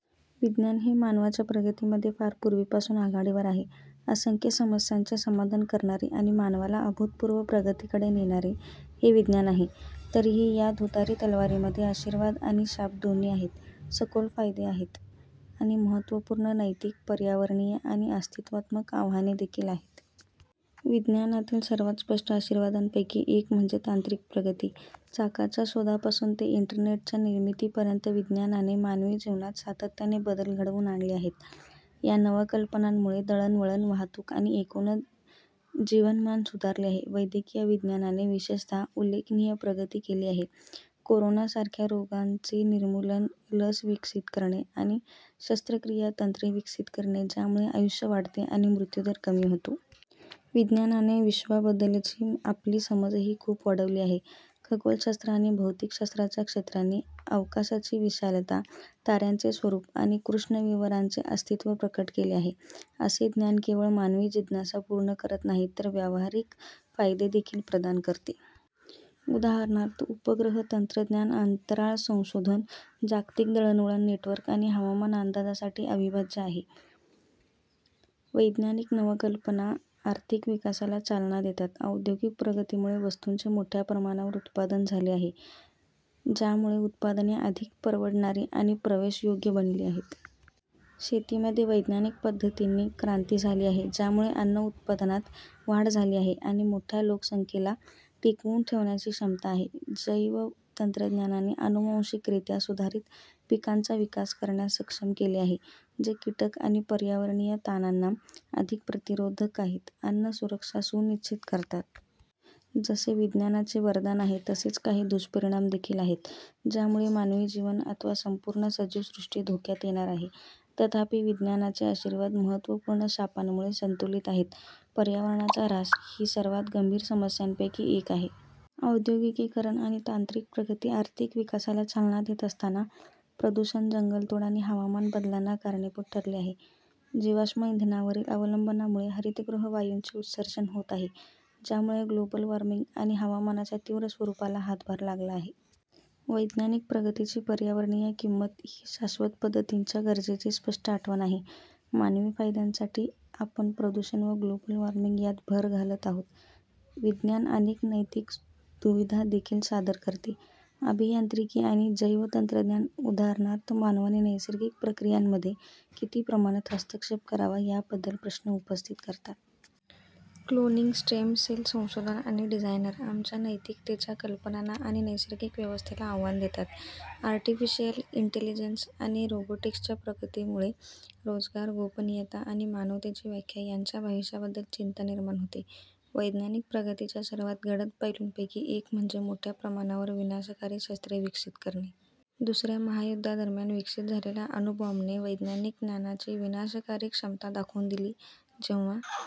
विज्ञान हे मानवाच्या प्रगतीमध्ये फार पूर्वीपासून आघाडीवर आहे, असंख्य समस्यांचे समाधान करणारे आणि मानवाला अभूतपूर्व प्रगतीकडे नेणारे हे विज्ञान आहे. तरीही, या दुधारी तलवारीमध्ये आशीर्वाद आणि शाप दोन्ही आहेत, सखोल फायदे आहेत आणि महत्त्वपूर्ण नैतिक, पर्यावरणीय आणि अस्तित्वात्मक आव्हाने देखील आहेत. विज्ञानातील सर्वात स्पष्ट आशीर्वादांपैकी एक म्हणजे तांत्रिक प्रगती. चाकाच्या शोधापासून ते इंटरनेटच्या निर्मितीपर्यंत विज्ञानाने मानवी जीवनात सातत्याने बदल घडवून आणले आहेत. या नवकल्पनांमुळे दळणवळण, वाहतूक आणि एकूणच जीवनमान सुधारले आहे. वैद्यकीय विज्ञानाने, विशेषतः, उल्लेखनीय प्रगती केली आहे, कोरोना सारख्या रोगांचे निर्मूलन, लस विकसित करणे आणि शस्त्रक्रिया तंत्रे विकसित करणे, ज्यामुळे आयुष्य वाढते आणि मृत्यू दर कमी होतो. विज्ञानाने विश्वाबद्दलची आपली समजही खूप वाढवली आहे. खगोलशास्त्र आणि भौतिकशास्त्राच्या क्षेत्रांनी अवकाशाची विशालता, ताऱ्यांचे स्वरूप आणि कृष्णविवरांचे अस्तित्व प्रकट केले आहे. असे ज्ञान केवळ मानवी जिज्ञासा पूर्ण करत नाही तर व्यावहारिक फायदे देखील प्रदान करते. उदाहरणार्थ, उपग्रह तंत्रज्ञान अंतराळ संशोधन, जागतिक दळणवळण नेटवर्क आणि हवामान अंदाजासाठी अविभाज्य आहे. वैज्ञानिक नवकल्पना आर्थिक विकासाला चालना देतात. औद्योगिक प्रगतीमुळे वस्तूंचे मोठ्या प्रमाणावर उत्पादन झाले आहे, ज्यामुळे उत्पादने अधिक परवडणारी आणि प्रवेशयोग्य बनली आहेत. शेतीमध्ये वैज्ञानिक पद्धतींनी क्रांती झाली आहे, ज्यामुळे अन्न उत्पादनात वाढ झाली आहे आणि मोठ्या लोकसंख्येला टिकवून ठेवण्याची क्षमता आहे. जैवतंत्रज्ञानाने अनुवांशिकरित्या सुधारित पिकांचा विकास करण्यास सक्षम केले आहे, जे कीटक आणि पर्यावरणीय ताणांना अधिक प्रतिरोधक आहेत, अन्न सुरक्षा सुनिश्चित करतात. जसे विज्ञानाचे वरदान आहे तसेच काही दुष्परिणाम देखील आहेत, ज्यामुळे मानवी जीवन अथवा संपूर्ण सजीव सृष्टी धोक्यात येणार आहे, तथापि, विज्ञानाचे आशीर्वाद महत्त्वपूर्ण शापांमुळे संतुलित आहेत. पर्यावरणाचा ऱ्हास ही सर्वात गंभीर समस्यांपैकी एक आहे. औद्योगिकीकरण आणि तांत्रिक प्रगती, आर्थिक विकासाला चालना देत असताना, प्रदूषण, जंगलतोड आणि हवामान बदलांना कारणीभूत ठरले आहे. जीवाश्म इंधनावरील अवलंबनामुळे हरितगृह वायूंचे उत्सर्जन होत आहे, ज्यामुळे ग्लोबल वॉर्मिंग आणि हवामानाच्या तीव्र स्वरूपाला हातभार लागला आहे. वैज्ञानिक प्रगतीची पर्यावरणीय किंमत ही शाश्वत पद्धतींच्या गरजेची स्पष्ट आठवण आहे. मानवी फायद्यांसाठी आपण प्रदूषण व ग्लोबल वॉर्मिंग यात भर घालत आहोत. विज्ञान अनेक नैतिक दुविधा देखील सादर करते. अभियांत्रिकी आणि जैवतंत्रज्ञान, उदाहरणार्थ, मानवाने नैसर्गिक प्रक्रियांमध्ये किती प्रमाणात हस्तक्षेप करावा याबद्दल प्रश्न उपस्थित करतात. क्लोनिंग, स्टेम सेल संशोधन आणि डिझायनर, आमच्या नैतिकतेच्या कल्पनांना आणि नैसर्गिक व्यवस्थेला आव्हान देतात. आर्टिफिशियल इंटेलिजन्स आणि रोबोटिक्सच्या प्रगतीमुळे रोजगार, गोपनीयता आणि मानवतेची व्याख्या यांच्या भविष्याबद्दल चिंता निर्माण होते. वैज्ञानिक प्रगतीच्या सर्वात गडद पैलूंपैकी एक म्हणजे मोठ्या प्रमाणावर विनाशकारी शस्त्रे विकसित करणे. दुसऱ्या महायुद्धादरम्यान विकसित झालेल्या अणुबॉम्बने वैज्ञानिक ज्ञानाची विनाशकारी क्षमता दाखवून दिली जेव्हा